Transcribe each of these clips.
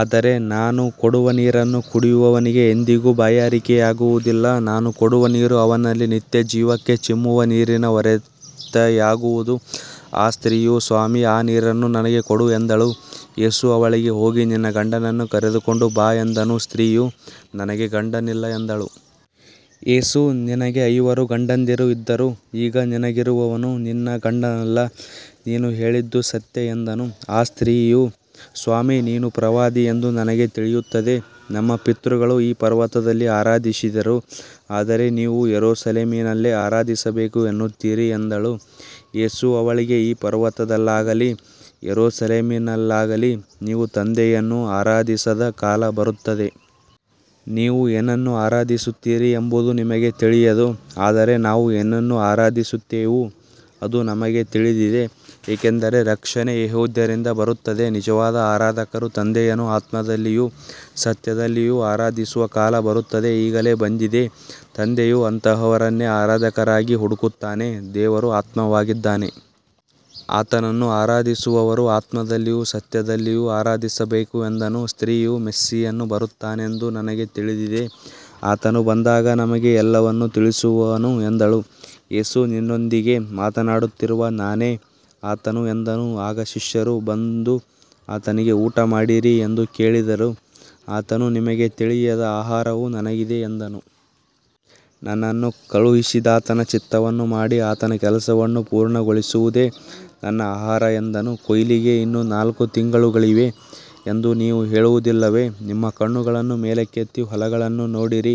ಆದರೆ ನಾನು ಕೊಡುವ ನೀರನ್ನು ಕುಡಿಯುವವನಿಗೆ ಎಂದಿಗೂ ಬಾಯಾರಿಕೆಯಾಗುವುದಿಲ್ಲ. ನಾನು ಕೊಡುವ ನೀರು ಅವನಲ್ಲಿ ನಿತ್ಯಜೀವಕ್ಕೆ ಚಿಮ್ಮುವ ನೀರಿನ ಒರತೆಯಾಗುವುದು. ಆ ಸ್ತ್ರೀಯು, ಸ್ವಾಮೀ, ಆ ನೀರನ್ನು ನನಗೆ ಕೊಡು ಎಂದಳು. ಯೇಸು ಅವಳಿಗೆ, ಹೋಗಿ ನಿನ್ನ ಗಂಡನನ್ನು ಕರೆದುಕೊಂಡು ಬಾ ಎಂದನು. ಸ್ತ್ರೀಯು, ನನಗೆ ಗಂಡನಿಲ್ಲ ಎಂದಳು. ಯೇಸು, ನಿನಗೆ ಐವರು ಗಂಡಂದಿರು ಇದ್ದರು, ಈಗ ನಿನಗಿರುವವನು ನಿನ್ನ ಗಂಡನಲ್ಲ. ನೀನು ಹೇಳಿದ್ದು ಸತ್ಯ ಎಂದನು. ಆ ಸ್ತ್ರೀಯು, ಸ್ವಾಮೀ, ನೀನು ಪ್ರವಾದಿ ಎಂದು ನನಗೆ ತಿಳಿಯುತ್ತದೆ. ನಮ್ಮ ಪಿತೃಗಳು ಈ ಪರ್ವತದಲ್ಲಿ ಆರಾಧಿಸಿದರು, ಆದರೆ ನೀವು ಯೆರೂಸಲೇಮಿನಲ್ಲೇ ಆರಾಧಿಸಬೇಕು ಎನ್ನುತ್ತೀರಿ ಎಂದಳು. ಯೇಸು ಅವಳಿಗೆ, ಈ ಪರ್ವತದಲ್ಲಾಗಲಿ ಯೆರೂಸಲೇಮಿನಲ್ಲಾಗಲಿ ನೀವು ತಂದೆಯನ್ನು ಆರಾಧಿಸದ ಕಾಲ ಬರುತ್ತದೆ. ನೀವು ಏನನ್ನು ಆರಾಧಿಸುತ್ತೀರಿ ಎಂಬುದು ನಿಮಗೆ ತಿಳಿಯದು, ಆದರೆ ನಾವು ಏನನ್ನು ಆರಾಧಿಸುತ್ತೇವೋ ಅದು ನಮಗೆ ತಿಳಿದಿದೆ, ಏಕೆಂದರೆ ರಕ್ಷಣೆ ಯೆಹೂದ್ಯರಿಂದ ಬರುತ್ತದೆ. ನಿಜವಾದ ಆರಾಧಕರು ತಂದೆಯನ್ನು ಆತ್ಮದಲ್ಲಿಯೂ ಸತ್ಯದಲ್ಲಿಯೂ ಆರಾಧಿಸುವ ಕಾಲ ಬರುತ್ತದೆ, ಈಗಲೇ ಬಂದಿದೆ. ತಂದೆಯು ಅಂತಹವರನ್ನೇ ಆರಾಧಕರಾಗಿ ಹುಡುಕುತ್ತಾನೆ. ದೇವರು ಆತ್ಮವಾಗಿದ್ದಾನೆ. ಆತನನ್ನು ಆರಾಧಿಸುವವರು ಆತ್ಮದಲ್ಲಿಯೂ ಸತ್ಯದಲ್ಲಿಯೂ ಆರಾಧಿಸಬೇಕು ಎಂದನು. ಸ್ತ್ರೀಯು, ಮೆಸ್ಸೀಯನು ಬರುತ್ತಾನೆಂದು ನನಗೆ ತಿಳಿದಿದೆ. ಆತನು ಬಂದಾಗ ನಮಗೆ ಎಲ್ಲವನ್ನೂ ತಿಳಿಸುವನು ಎಂದಳು. ಯೇಸು, ನಿನ್ನೊಂದಿಗೆ ಮಾತನಾಡುತ್ತಿರುವ ನಾನೇ ಆತನು ಎಂದನು. ಆಗ ಶಿಷ್ಯರು ಬಂದು ಆತನಿಗೆ ಊಟಮಾಡಿರಿ ಎಂದು ಕೇಳಿದರು. ಆತನು, ನಿಮಗೆ ತಿಳಿಯದ ಆಹಾರವು ನನಗಿದೆ ಎಂದನು. ನನ್ನನ್ನು ಕಳುಹಿಸಿದಾತನ ಚಿತ್ತವನ್ನು ಮಾಡಿ ಆತನ ಕೆಲಸವನ್ನು ಪೂರ್ಣಗೊಳಿಸುವುದೇ ನನ್ನ ಆಹಾರ ಎಂದನು. ಕೊಯ್ಲಿಗೆ ಇನ್ನೂ ನಾಲ್ಕು ತಿಂಗಳುಗಳಿವೆ ಎಂದು ನೀವು ಹೇಳುವುದಿಲ್ಲವೇ. ನಿಮ್ಮ ಕಣ್ಣುಗಳನ್ನು ಮೇಲಕ್ಕೆತ್ತಿ ಹೊಲಗಳನ್ನು ನೋಡಿರಿ.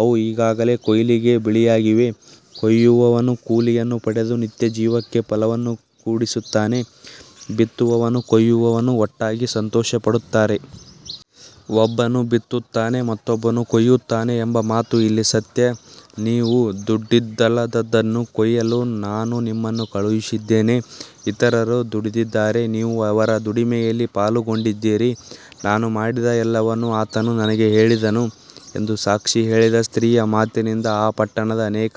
ಅವು ಈಗಾಗಲೇ ಕೊಯ್ಲಿಗೆ ಬಿಳಿಯಾಗಿವೆ. ಕೊಯ್ಯುವವನು ಕೂಲಿಯನ್ನು ಪಡೆದು ನಿತ್ಯಜೀವಕ್ಕೆ ಫಲವನ್ನು ಕೂಡಿಸುತ್ತಾನೆ. ಬಿತ್ತುವವನೂ ಕೊಯ್ಯುವವನೂ ಒಟ್ಟಾಗಿ ಸಂತೋಷಪಡುತ್ತಾರೆ. ಒಬ್ಬನು ಬಿತ್ತುತ್ತಾನೆ, ಮತ್ತೊಬ್ಬನು ಕೊಯ್ಯುತ್ತಾನೆ ಎಂಬ ಮಾತು ಇಲ್ಲಿ ಸತ್ಯ. ನೀವು ದುಡಿದದ್ದಲ್ಲದದ್ದನ್ನು ಕೊಯ್ಯಲು ನಾನು ನಿಮ್ಮನ್ನು ಕಳುಹಿಸಿದ್ದೇನೆ. ಇತರರು ದುಡಿದಿದ್ದಾರೆ, ನೀವು ಅವರ ದುಡಿಮೆಯಲ್ಲಿ ಪಾಲುಗೊಂಡಿದ್ದೀರಿ. ನಾನು ಮಾಡಿದ ಎಲ್ಲವನ್ನೂ ಆತನು ನನಗೆ ಹೇಳಿದನು ಎಂದು ಸಾಕ್ಷಿ ಹೇಳಿದ ಸ್ತ್ರೀಯ ಮಾತಿನಿಂದ ಆ ಪಟ್ಟಣದ ಅನೇಕ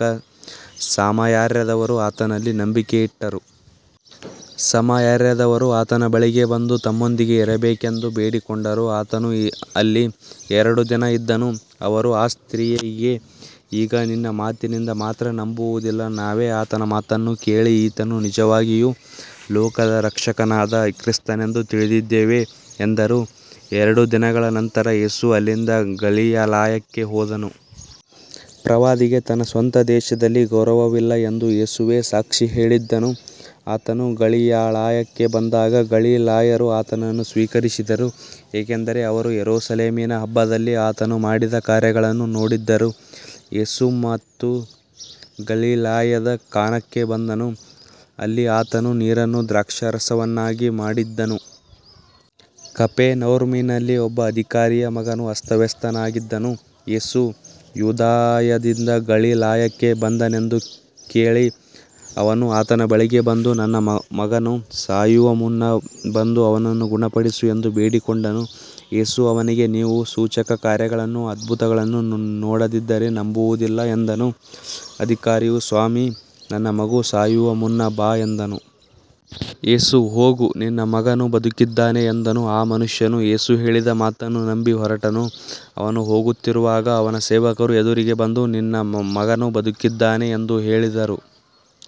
ಸಮಾರ್ಯದವರು ಆತನಲ್ಲಿ ನಂಬಿಕೆ ಇಟ್ಟರು. ಸಮಾರ್ಯದವರು ಆತನ ಬಳಿಗೆ ಬಂದು ತಮ್ಮೊಂದಿಗೆ ಇರಬೇಕೆಂದು ಬೇಡಿಕೊಂಡರು. ಆತನು ಅಲ್ಲಿ ಎರಡು ದಿನ ಇದ್ದನು. ಅವರು ಆ ಸ್ತ್ರೀಯಿಗೆ, ಈಗ ನಿನ್ನ ಮಾತಿನಿಂದ ಮಾತ್ರ ನಂಬುವುದಿಲ್ಲ. ನಾವೇ ಆತನ ಮಾತನ್ನು ಕೇಳಿ, ಈತನು ನಿಜವಾಗಿಯೂ ಲೋಕದ ರಕ್ಷಕನಾದ ಕ್ರಿಸ್ತನೆಂದು ತಿಳಿದಿದ್ದೇವೆ ಎಂದರು. ಎರಡು ದಿನಗಳ ನಂತರ ಯೇಸು ಅಲ್ಲಿಂದ ಗಲಿಲಾಯಕ್ಕೆ ಹೋದನು. ಪ್ರವಾದಿಗೆ ತನ್ನ ಸ್ವಂತ ದೇಶದಲ್ಲಿ ಗೌರವವಿಲ್ಲ ಎಂದು ಯೇಸುವೇ ಸಾಕ್ಷಿ ಹೇಳಿದ್ದನು. ಆತನು ಗಲಿಲಾಯಕ್ಕೆ ಬಂದಾಗ ಗಲಿಲಾಯರು ಆತನನ್ನು ಸ್ವೀಕರಿಸಿದರು, ಏಕೆಂದರೆ ಅವರು ಯೆರೂಸಲೇಮಿನ ಹಬ್ಬದಲ್ಲಿ ಆತನು ಮಾಡಿದ ಕಾರ್ಯಗಳನ್ನು ನೋಡಿದ್ದರು. ಯೇಸು ಮತ್ತೆ ಗಲಿಲಾಯದ ಕಾನಾಕ್ಕೆ ಬಂದನು. ಅಲ್ಲಿ ಆತನು ನೀರನ್ನು ದ್ರಾಕ್ಷಾರಸವನ್ನಾಗಿ ಮಾಡಿದ್ದನು. ಕಪೆರ್ನೌಮಿನಲ್ಲಿ ಒಬ್ಬ ಅಧಿಕಾರಿಯ ಮಗನು ಅಸ್ವಸ್ಥನಾಗಿದ್ದನು. ಯೇಸು ಯೂದಾಯದಿಂದ ಗಲಿಲಾಯಕ್ಕೆ ಬಂದನೆಂದು ಕೇಳಿ ಅವನು ಆತನ ಬಳಿಗೆ ಬಂದು, ನನ್ನ ಮಗನು ಸಾಯುವ ಮುನ್ನ ಬಂದು ಅವನನ್ನು ಗುಣಪಡಿಸು ಎಂದು ಬೇಡಿಕೊಂಡನು. ಯೇಸು ಅವನಿಗೆ, ನೀವು ಸೂಚಕಕಾರ್ಯಗಳನ್ನೂ ಅದ್ಭುತಗಳನ್ನೂ ನೋಡದಿದ್ದರೆ ನಂಬುವುದಿಲ್ಲ ಎಂದನು. ಅಧಿಕಾರಿಯು, ಸ್ವಾಮೀ, ನನ್ನ ಮಗು ಸಾಯುವ ಮುನ್ನ ಬಾ ಎಂದನು. ಯೇಸು, ಹೋಗು, ನಿನ್ನ ಮಗನು ಬದುಕಿದ್ದಾನೆ ಎಂದನು. ಆ ಮನುಷ್ಯನು ಯೇಸು ಹೇಳಿದ ಮಾತನ್ನು ನಂಬಿ ಹೊರಟನು. ಅವನು ಹೋಗುತ್ತಿರುವಾಗ ಅವನ ಸೇವಕರು ಎದುರಿಗೆ ಬಂದು, ನಿನ್ನ ಮಗನು ಬದುಕಿದ್ದಾನೆ ಎಂದು ಹೇಳಿದರು.